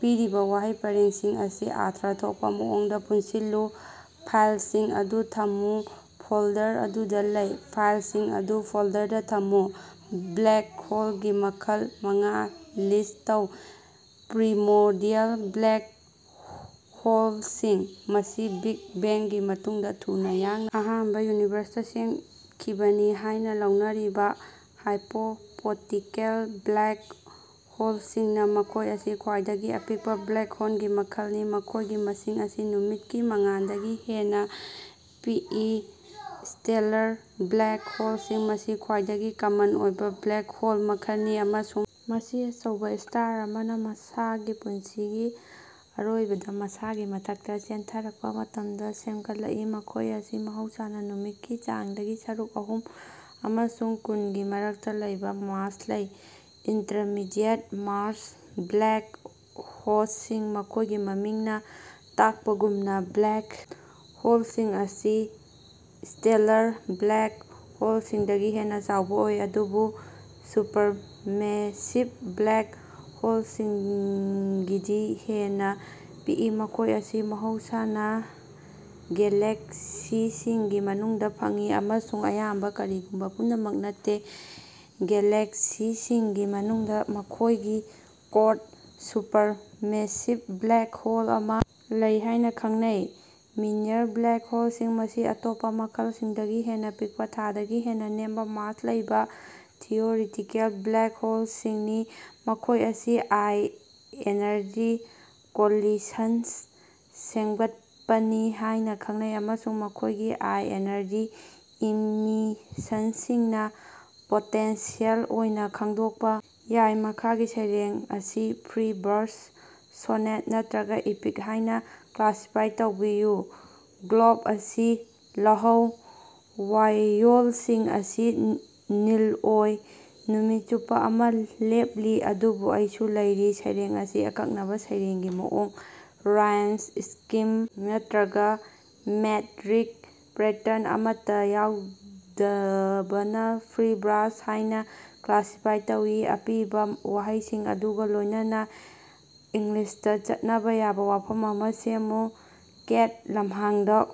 ꯄꯤꯔꯤꯕ ꯋꯥꯍꯩ ꯄꯔꯦꯡꯁꯤꯡ ꯑꯁꯤ ꯑꯔꯊ ꯊꯣꯛꯄ ꯃꯑꯣꯡꯗ ꯄꯨꯟꯁꯤꯜꯂꯨ꯫ ꯐꯥꯏꯜꯁꯤꯡ ꯑꯗꯨ ꯊꯝꯃꯨ ꯐꯣꯜꯗꯔ ꯑꯗꯨꯗ ꯂꯩ꯫ "ꯐꯥꯏꯜꯁꯤꯡ ꯑꯗꯨ ꯐꯣꯜꯗꯔꯗ ꯊꯝꯃꯨ꯫" ꯕ꯭ꯂꯦꯛ ꯍꯣꯜꯒꯤ ꯃꯈꯜ ꯃꯉꯥ ꯂꯤꯁ ꯇꯧ꯫ ꯄ꯭ꯔꯤꯃꯣꯔꯗꯤꯑꯦꯜ ꯕ꯭ꯂꯦꯛ ꯍꯣꯜꯁꯤꯡ: ꯃꯁꯤ ꯕꯤꯛ ꯕꯦꯡꯒꯤ ꯃꯇꯨꯡꯗ ꯊꯨꯅ ꯌꯥꯡꯅ ꯑꯍꯥꯟꯕ ꯌꯨꯅꯤꯚꯔꯁꯇ ꯁꯦꯝꯈꯤꯕꯅꯤ ꯍꯥꯏꯅ ꯂꯧꯅꯔꯤꯕ ꯍꯥꯏꯄꯣꯇꯦꯇꯤꯀꯜ ꯕ꯭ꯂꯦꯛ ꯍꯣꯜꯁꯤꯡꯅꯤ꯫ ꯃꯈꯣꯏ ꯑꯁꯤ ꯈ꯭ꯋꯥꯏꯗꯒꯤ ꯑꯄꯤꯛꯄ ꯕ꯭ꯂꯦꯛ ꯍꯣꯜꯒꯤ ꯃꯈꯜꯅꯤ, ꯃꯈꯣꯏꯒꯤ ꯃꯁꯤꯡ ꯑꯁꯤ ꯅꯨꯃꯤꯠꯀꯤ ꯃꯉꯥꯜꯗꯒꯤ ꯍꯦꯟꯅ ꯄꯤꯛꯏ꯫ ꯁ꯭ꯇꯦꯂꯔ ꯕ꯭ꯂꯦꯛ ꯍꯣꯜꯁꯤꯡ: ꯃꯁꯤ ꯈ꯭ꯋꯥꯏꯗꯒꯤ ꯀꯃꯟ ꯑꯣꯏꯕ ꯕ꯭ꯂꯦꯛ ꯍꯣꯜ ꯃꯈꯜꯅꯤ ꯑꯃꯁꯨꯡ ꯃꯁꯤ ꯑꯆꯧꯕ ꯁ꯭ꯇꯥꯔ ꯑꯃꯅ ꯃꯁꯥꯒꯤ ꯄꯨꯟꯁꯤꯒꯤ ꯑꯔꯣꯏꯕꯗ ꯃꯁꯥꯒꯤ ꯃꯊꯛꯇ ꯆꯦꯟꯊꯔꯛꯄ ꯃꯇꯝꯗ ꯁꯦꯝꯒꯠꯂꯛꯏ꯫ ꯃꯈꯣꯏ ꯑꯁꯤ ꯃꯍꯧꯁꯥꯅ ꯅꯨꯃꯤꯠꯀꯤ ꯆꯥꯡꯗꯒꯤ ꯁꯔꯨꯛ ꯑꯍꯨꯝ ꯑꯃꯁꯨꯡ ꯀꯨꯟ ꯒꯤ ꯃꯔꯛꯇ ꯂꯩꯕ ꯃꯥꯁ ꯂꯩ꯫ ꯏꯟꯇꯔꯃꯤꯗꯤꯌꯦꯠ-ꯃꯥꯁ ꯕ꯭ꯂꯦꯛ ꯍꯣꯜꯁꯤꯡ: ꯃꯈꯣꯏꯒꯤ ꯃꯃꯤꯡꯅ ꯇꯥꯛꯄꯒꯨꯝꯅ, ꯕ꯭ꯂꯦꯛ ꯍꯣꯜꯁꯤꯡ ꯑꯁꯤ ꯁ꯭ꯇꯦꯂꯔ ꯕ꯭ꯂꯦꯛ ꯍꯣꯜꯁꯤꯡꯗꯒꯤ ꯍꯦꯟꯅ ꯆꯥꯎꯕ ꯑꯣꯏ, ꯑꯗꯨꯕꯨ ꯁꯨꯄꯔꯃꯦꯁꯤꯚ ꯕ꯭ꯂꯦꯛ ꯍꯣꯜꯁꯤꯡꯗꯒꯤꯗꯤ ꯍꯦꯟꯅ ꯄꯤꯛꯏ꯫ ꯃꯈꯣꯏ ꯑꯁꯤ ꯃꯍꯧꯁꯥꯅ ꯒꯦꯂꯦꯛꯁꯤꯁꯤꯡꯒꯤ ꯃꯅꯨꯡꯗ ꯐꯪꯏ, ꯑꯃꯁꯨꯡ ꯑꯌꯥꯝꯕ, ꯀꯔꯤꯒꯨꯝꯕ ꯄꯨꯝꯅꯃꯛ ꯅꯠꯇꯦ, ꯒꯦꯂꯦꯛꯁꯤꯁꯤꯡꯒꯤ ꯃꯅꯨꯡꯗ ꯃꯈꯣꯏꯒꯤ ꯀꯣꯔꯗ ꯁꯨꯄꯔꯃꯦꯁꯤꯚ ꯕ꯭ꯂꯦꯛ ꯍꯣꯜ ꯑꯃ ꯂꯩ ꯍꯥꯏꯅ ꯈꯟꯅꯩ꯫ ꯃꯤꯅꯤꯌꯔ ꯕ꯭ꯂꯦꯛ ꯍꯣꯜꯁꯤꯡ: ꯃꯁꯤ ꯑꯇꯣꯞꯄ ꯃꯈꯜꯁꯤꯡꯗꯒꯤ ꯍꯦꯟꯅ ꯄꯤꯛꯄ, ꯊꯥꯗꯒꯤ ꯍꯦꯟꯅ ꯅꯦꯝꯕ ꯃꯥꯁ ꯂꯩꯕ ꯊꯤꯑꯣꯔꯤꯇꯤꯀꯦꯜ ꯕ꯭ꯂꯦꯛ ꯍꯣꯜꯁꯤꯡꯅꯤ꯫ ꯃꯈꯣꯏ ꯑꯁꯤ ꯍꯥꯏ-ꯑꯦꯅꯔꯖꯤ ꯀꯣꯂꯤꯁꯟꯁ ꯁꯦꯃꯒꯠꯄꯅꯤ ꯍꯥꯢꯅ ꯈꯟꯅꯩ ꯑꯃꯁꯨꯡ ꯃꯈꯣꯏꯒꯤ ꯍꯥꯏ-ꯑꯦꯅꯔꯖꯤ ꯏꯃꯤꯁꯟꯁꯤꯡꯅ ꯄꯣꯇꯦꯟꯁꯤꯑꯦꯜ ꯑꯣꯏꯅ ꯈꯪꯗꯣꯛꯄ ꯌꯥꯏ꯫ ꯃꯈꯥꯒꯤ ꯁꯩꯔꯦꯡ ꯑꯁꯤ ꯐ꯭ꯔꯤ ꯕꯔꯁ, ꯁꯣꯅꯦꯠ ꯅꯠꯇ꯭ꯔꯒ ꯏꯄꯤꯛ ꯍꯥꯏꯅ ꯀ꯭ꯂꯥꯁꯤꯐꯥꯏ ꯇꯧꯕꯤꯌꯨ꯫ ꯒꯣꯂꯞ ꯑꯁꯤ ꯂꯥꯜꯍꯧ, ꯋꯥꯏꯌꯣꯜꯁꯤꯡ ꯑꯁꯤ ꯅꯤꯜ ꯑꯣꯏ꯫ ꯅꯨꯃꯤꯠ ꯆꯨꯞꯄ ꯑꯃ ꯂꯦꯞꯂꯤ, ꯑꯗꯨꯕꯨ ꯑꯩꯁꯨ ꯂꯩꯔꯤ꯫ ꯁꯩꯔꯦꯡ ꯑꯁꯤ ꯑꯀꯛꯅꯕ ꯁꯩꯔꯦꯡꯒꯤ ꯃꯑꯣꯡ, ꯔꯥꯏꯝ ꯁ꯭ꯀꯤꯝ ꯅꯠꯇ꯭ꯔꯒ ꯃꯦꯠꯔꯤꯛ ꯄꯦꯇꯔꯟ ꯑꯃꯠꯇ ꯌꯥꯎꯗꯕꯅ ꯐ꯭ꯔꯤ ꯕꯔꯁ ꯍꯥꯏꯅ ꯀ꯭ꯂꯥꯁꯤꯐꯥꯏ ꯇꯧꯏ꯫ ꯑꯄꯤꯕ ꯋꯥꯍꯩꯁꯤꯡ ꯑꯗꯨꯒ ꯂꯣꯏꯅꯅ ꯏꯪꯂꯤꯁꯇ ꯆꯠꯅꯕ ꯌꯥꯕ ꯋꯥꯐꯝ ꯑꯃ ꯁꯦꯝꯃꯨ꯫ ꯀꯦꯠ, ꯂꯝꯍꯥꯡꯗ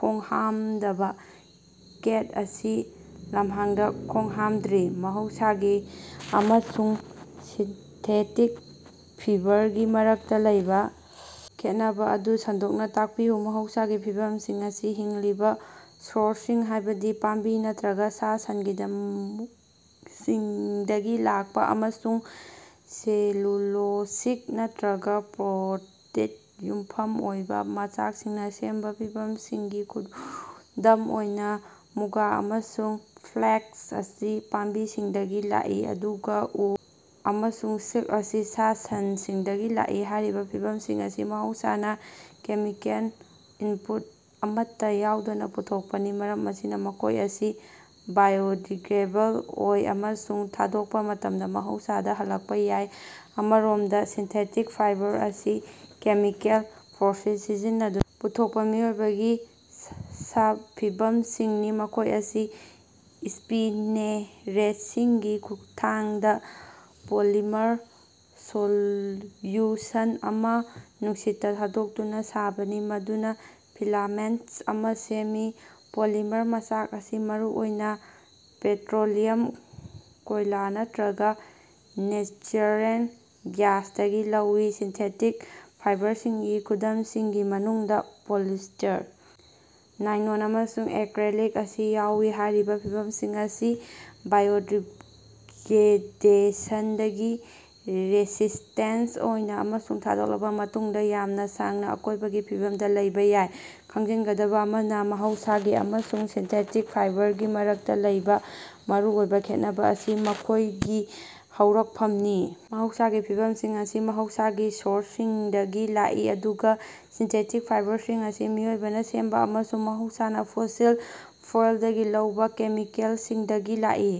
ꯈꯣꯡꯍꯥꯝꯗꯕ꯫ ꯀꯦꯠ ꯑꯁꯤ ꯂꯝꯍꯥꯡꯗꯥ ꯈꯣꯡꯍꯥꯝꯗ꯭ꯔꯤ꯫ ꯃꯍꯧꯁꯥꯒꯤ ꯑꯃꯁꯨꯡ ꯁꯤꯟꯊꯦꯇꯤꯛ ꯐꯤꯕꯔꯒꯤ ꯃꯔꯛꯇ ꯂꯩꯕ ꯈꯦꯠꯅꯕ ꯑꯗꯨ ꯁꯟꯗꯣꯛꯅ ꯇꯥꯛꯄꯤꯌꯨ꯫ ꯃꯍꯧꯁꯥꯒꯤ ꯐꯤꯕꯝꯁꯤꯡ ꯑꯁꯤ ꯍꯤꯡꯂꯤꯕ ꯁꯣꯔꯁꯁꯤꯡ, ꯍꯥꯏꯕꯗꯤ ꯄꯥꯝꯕꯤ ꯅꯠꯇ꯭ꯔꯒ ꯁꯥ-ꯁꯟꯁꯤꯡꯗꯒꯤ ꯂꯥꯛꯄ ꯑꯃꯁꯨꯡ ꯁꯦꯂꯨꯂꯣꯁꯤꯛ ꯅꯠꯇ꯭ꯔꯒ ꯄ꯭ꯔꯣꯇꯤꯟꯗ ꯌꯨꯝꯐꯝ ꯑꯣꯏꯕ ꯃꯆꯥꯛꯁꯤꯡꯅ ꯁꯦꯝꯕ ꯐꯤꯕꯝꯁꯤꯡꯅꯤ꯫ ꯈꯨꯗꯝ ꯑꯣꯏꯅ, ꯃꯨꯒꯥ ꯑꯃꯁꯨꯡ ꯐ꯭ꯂꯦꯛꯁ ꯑꯁꯤ ꯄꯥꯝꯕꯤꯁꯤꯡꯗꯒꯤ ꯂꯥꯛꯏ ꯑꯗꯨꯒ ꯎ ꯑꯃꯁꯨꯡ ꯁꯤꯜꯛ ꯑꯁꯤ ꯁꯥ-ꯁꯟꯁꯤꯡꯗꯒꯤ ꯂꯥꯛꯏ꯫ ꯍꯥꯏꯔꯤꯕ ꯐꯤꯕꯝꯁꯤꯡ ꯑꯁꯤ ꯃꯍꯧꯁꯥꯅ ꯀꯦꯃꯤꯀꯦꯜ ꯏꯟꯄꯨꯠ ꯑꯃꯠꯇ ꯌꯥꯎꯗꯅ ꯄꯨꯊꯣꯛꯄꯅꯤ, ꯃꯔꯝ ꯑꯁꯤꯅ ꯃꯈꯣꯏ ꯑꯁꯤ ꯕꯥꯏꯑꯣꯗꯤꯒ꯭ꯔꯦꯗꯦꯕꯜ ꯑꯣꯏ ꯑꯃꯁꯨꯡ ꯊꯥꯗꯣꯛꯄ ꯃꯇꯝꯗ ꯃꯍꯧꯁꯥꯗ ꯍꯜꯂꯛꯄ ꯌꯥꯏ꯫ ꯑꯃꯔꯣꯃꯗ, ꯁꯤꯟꯊꯦꯇꯤꯛ ꯐꯥꯏꯕꯔ ꯑꯁꯤ ꯀꯦꯃꯤꯀꯦꯜ ꯄ꯭ꯔꯣꯁꯦꯁ ꯁꯤꯖꯤꯟꯅꯗꯨꯅ ꯄꯨꯊꯣꯛꯄ ꯃꯤꯑꯣꯏꯕꯅ ꯁꯥꯕ ꯐꯤꯕꯝꯁꯤꯡꯅꯤ꯫ ꯃꯈꯣꯏ ꯑꯁꯤ ꯁ꯭ꯄꯤꯅꯦꯔꯦꯠꯁꯤꯡꯒꯤ ꯈꯨꯠꯊꯥꯡꯗ ꯄꯣꯂꯤꯃꯔ ꯁꯣꯜꯌꯨꯁꯟ ꯑꯃ ꯅꯨꯡꯁꯤꯠꯇ ꯊꯥꯗꯣꯛꯇꯨꯅ ꯁꯥꯕꯅꯤ, ꯃꯗꯨꯅ ꯐꯤꯂꯥꯃꯦꯟꯠ ꯑꯃꯥ ꯁꯦꯝꯃꯤ꯫ ꯄꯣꯂꯤꯃꯔ ꯃꯆꯥꯛ ꯑꯁꯤ ꯃꯔꯨꯑꯣꯏꯅ ꯄꯦꯇ꯭ꯔꯣꯂꯤꯌꯝ, ꯀꯣꯏꯂ ꯅꯠꯇ꯭ꯔꯒ ꯅꯦꯆꯔꯦꯜ ꯒ꯭ꯌꯥꯁꯇꯒꯤ ꯂꯧꯏ꯫ ꯁꯤꯟꯊꯦꯇꯤꯛ ꯐꯥꯏꯕꯔꯁꯤꯡꯒꯤ ꯈꯨꯗꯝꯁꯤꯡꯒꯤ ꯃꯅꯨꯡꯗ ꯄꯣꯂꯤꯁ꯭ꯇꯔ, ꯅꯥꯏꯂꯣꯟ ꯑꯃꯁꯨꯡ ꯑꯦꯀ꯭ꯔꯦꯂꯤꯛ ꯑꯁꯤ ꯌꯥꯎꯏ꯫ ꯍꯥꯏꯔꯤꯕ ꯐꯤꯕꯝꯁꯤꯡ ꯑꯁꯤ ꯕꯥꯏꯑꯣꯗꯤꯒ꯭ꯔꯦꯗꯦꯁꯟꯗ ꯔꯦꯁꯤꯁꯇꯦꯟꯠ ꯑꯣꯏ ꯑꯃꯁꯨꯡ ꯊꯥꯗꯣꯛꯂꯕ ꯃꯇꯨꯡꯗ ꯌꯥꯝꯅ ꯁꯥꯡꯅ ꯑꯀꯣꯏꯕꯒꯤ ꯐꯤꯕꯝꯗ ꯂꯩꯕ ꯌꯥꯏ꯫ ꯈꯪꯖꯤꯟꯒꯗꯕ ꯑꯃꯅ, ꯃꯍꯧꯁꯥꯒꯤ ꯑꯃꯁꯨꯡ ꯁꯤꯟꯊꯦꯇꯤꯛ ꯐꯥꯏꯕꯔꯒꯤ ꯃꯔꯛꯇ ꯂꯩꯕ ꯃꯔꯨꯑꯣꯏꯕ ꯈꯦꯠꯅꯕ ꯑꯁꯤ ꯃꯈꯣꯏꯒꯤ ꯍꯧꯔꯛꯐꯝꯅꯤ꯫ ꯃꯍꯧꯁꯥꯒꯤ ꯐꯤꯕꯝꯁꯤꯡ ꯑꯁꯤ ꯃꯍꯧꯁꯥꯒꯤ ꯁꯣꯔꯁꯁꯤꯡꯗꯒꯤ ꯂꯥꯛꯏ ꯑꯗꯨꯒ ꯁꯤꯟꯊꯦꯇꯤꯛ ꯐꯥꯏꯕꯔꯁꯤꯡ ꯑꯁꯤ ꯃꯤꯑꯣꯏꯕꯅ ꯁꯦꯝꯕ ꯑꯃꯁꯨꯡ ꯃꯍꯧꯁꯥꯅ ꯐꯣꯁꯤꯜ ꯐ꯭ꯌꯨꯑꯦꯜꯗꯒꯤ ꯂꯧꯕ ꯀꯦꯃꯤꯀꯦꯜꯁꯤꯡꯗꯒꯤ ꯂꯥꯛꯏ꯫